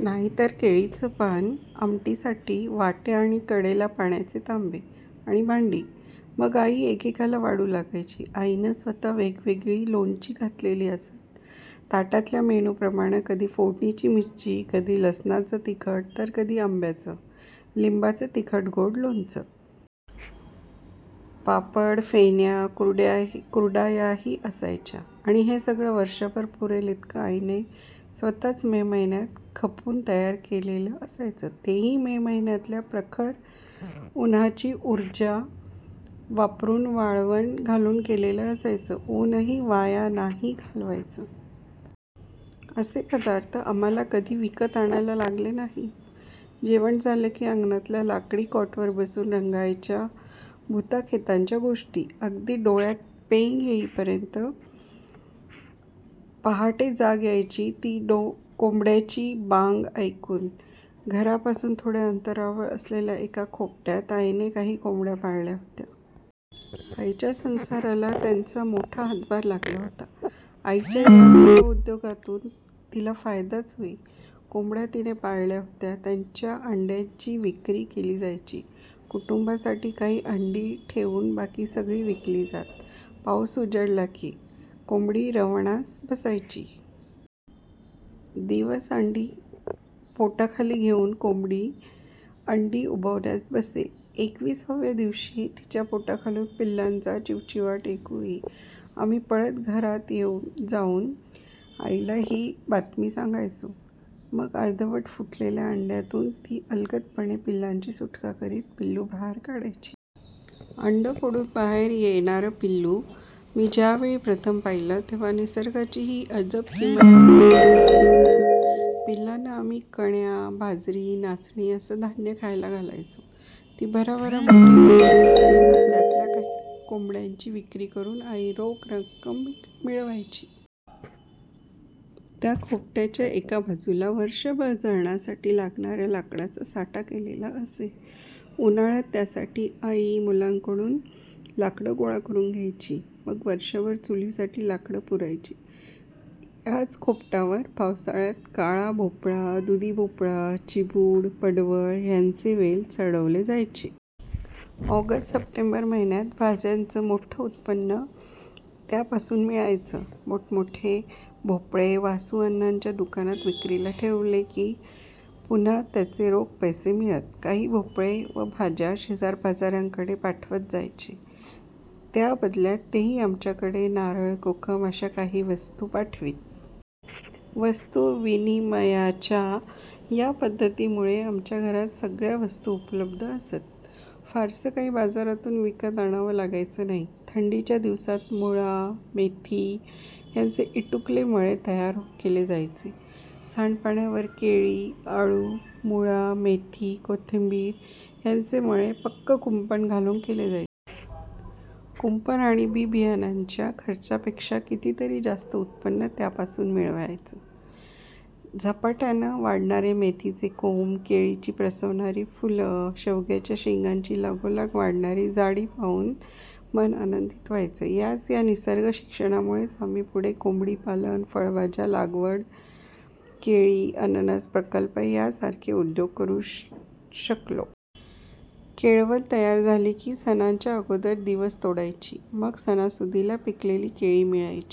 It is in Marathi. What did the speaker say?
नाहीतर केळीची पानं. आमटीसाठी वाट्या आणि कडेला पाण्याचे तांबे आणि भांडी. मग आई एकेकाला वाढू लागायची. आईनं स्वत: वेगवेगळी लोणची घातलेली असत. ताटातल्या मेन्यूप्रमाणं कधी फोडणीची मिरची, कधी लसणाचं तिखट, तर कधी आंब्याचं, लिंबाचं तिखट-गोड लोणचं. पापड, फेण्या, कुरडयाही असायच्या. आणि हे सगळं वर्षभर पुरेल इतकं आईने स्वत:च मे महिन्यात खपून तयार केलेलं असायचं. तेही मे महिन्यातल्या प्रखर उन्हाची ऊर्जा वापरून वाळवण घालून केलेलं असायचं. ऊनही वाया नाही घालवायचं! असे पदार्थ आम्हांला कधी विकत आणायला लागले नाहीत. जेवणं झाली की अंगणातल्या लाकडी कॉटवर बसून रंगायच्या भूता-खेतांच्या गोष्टी, अगदी डोळ्यात पेंग येईपर्यंत! पहाटे जाग यायची ती कोंबड्याची बांग ऐकून. घरापासून थोड्या अंतरावर असलेल्या एका खोपटात आईने काही कोंबड्या पाळलेल्या होत्या. आईच्या संसाराला त्यांचा मोठा हातभार लागला होता. आईच्या या गृहोद्योगातून तिला फायदाच होई. कोंबड्या तिने पाळल्या होत्या. त्यांच्या अंड्यांची विक्री केली जायची. कुटुंबासाठी काही अंडी ठेवून बाकी सगळी विकली जात. पाऊस उजाडला की, कोंबडी रवणास बसवायची. दिवस अंडी पोटाखाली घेऊन कोंबडी अंडी उबवण्यास बसे. एकविसाव्या दिवशी तिच्या पोटाखालून पिल्लांचा चिवचिवाट ऐकू येई. आम्ही पळत घरात जाऊन आईला ही बातमी सांगायचो. मग अर्धवट फुटलेल्या अंड्यातून ती अलगदपणे पिल्लाची सुटका करीत पिल्लू बाहेर काढायची. अंडं फोडून बाहेर येणारं पिल्लू मी ज्यावेळी प्रथम पाहिलं तेव्हा निसर्गाची ही अजब किमया पाहून भारावलो होतो. पिल्लांना आम्ही कण्या, बाजरी, नाचणी असं धान्य खायला घालायचो. ती भराभरा मोठी व्हायची आणि मग त्यातल्या काही कोंबड्यांची विक्री करून आई रोख रक्कम मिळवायची. त्या खोपटाच्या एका बाजूला वर्षभर जळणासाठी लागणा-या लाकडाचा साठा केलेला असे. उन्हाळ्यात त्यासाठी आई मुलांकडून लाकडं गोळा करून घ्यायची. मग वर्षभर चुलीसाठी लाकडं पुरायची. याच खोपटावर पावसाळ्यात काळा भोपळा, दुधी भोपळा, चिबूड, पडवळ यांचे वेल चढवले जायचे. ऑगस्ट, सप्टेंबर महिन्यात भाज्यांचं मोठं उत्पन्न त्यापासून मिळायचं. मोठमोठे भोपळे वासुअण्णांच्या दुकानात विक्रीला ठेवले की, पुन्हा त्याचे रोख पैसे मिळत. काही भोपळे व भाज्या शेजारपाजा-यांकडे पाठवत जायचे. त्या बदल्यात तेही आमच्याकडे नारळ, कोकम अशा काही वस्तू पाठवीत. वस्तू-विनिमयाच्या या पद्धतीमुळे आमच्या घरात सगळ्या वस्तू उपलब्ध असत. फारसं काही बाजारातून विकत आणावं लागायचं नाही. थंडीच्या दिवसात मुळा, मेथी यांचे इटुकले मळे तयार केले जायचे. सांडपाण्यावर केळी, अळू, मुळा, मेथी, कोथिंबीर यांचे मळे पक्कं कुंपण घालून केले जायचे. कुंपण आणि बी-बियाणांच्या खर्चापेक्षा कितीतरी जास्त उत्पन्न त्यापासून मिळायचं. झपाट्यानं वाढणारे मेथीचे कोंब, केळीची प्रसवणारी फुलं, शेवग्याच्या शेंगांची लगोलग वाढणारी जाडी पाहून मन आनंदित व्हायचं. आज या निसर्गशिक्षणामुळेच आम्ही पुढे कोंबडीपालन, फळभाज्या लागवड, केळी, अननस प्रकल्प यासारखे उद्योग करू शकलो. केळवण तयार झाली की सणाच्या अगोदर दिवस तोडायची. मग सणासुदीला पिकलेली केळी मिळायची.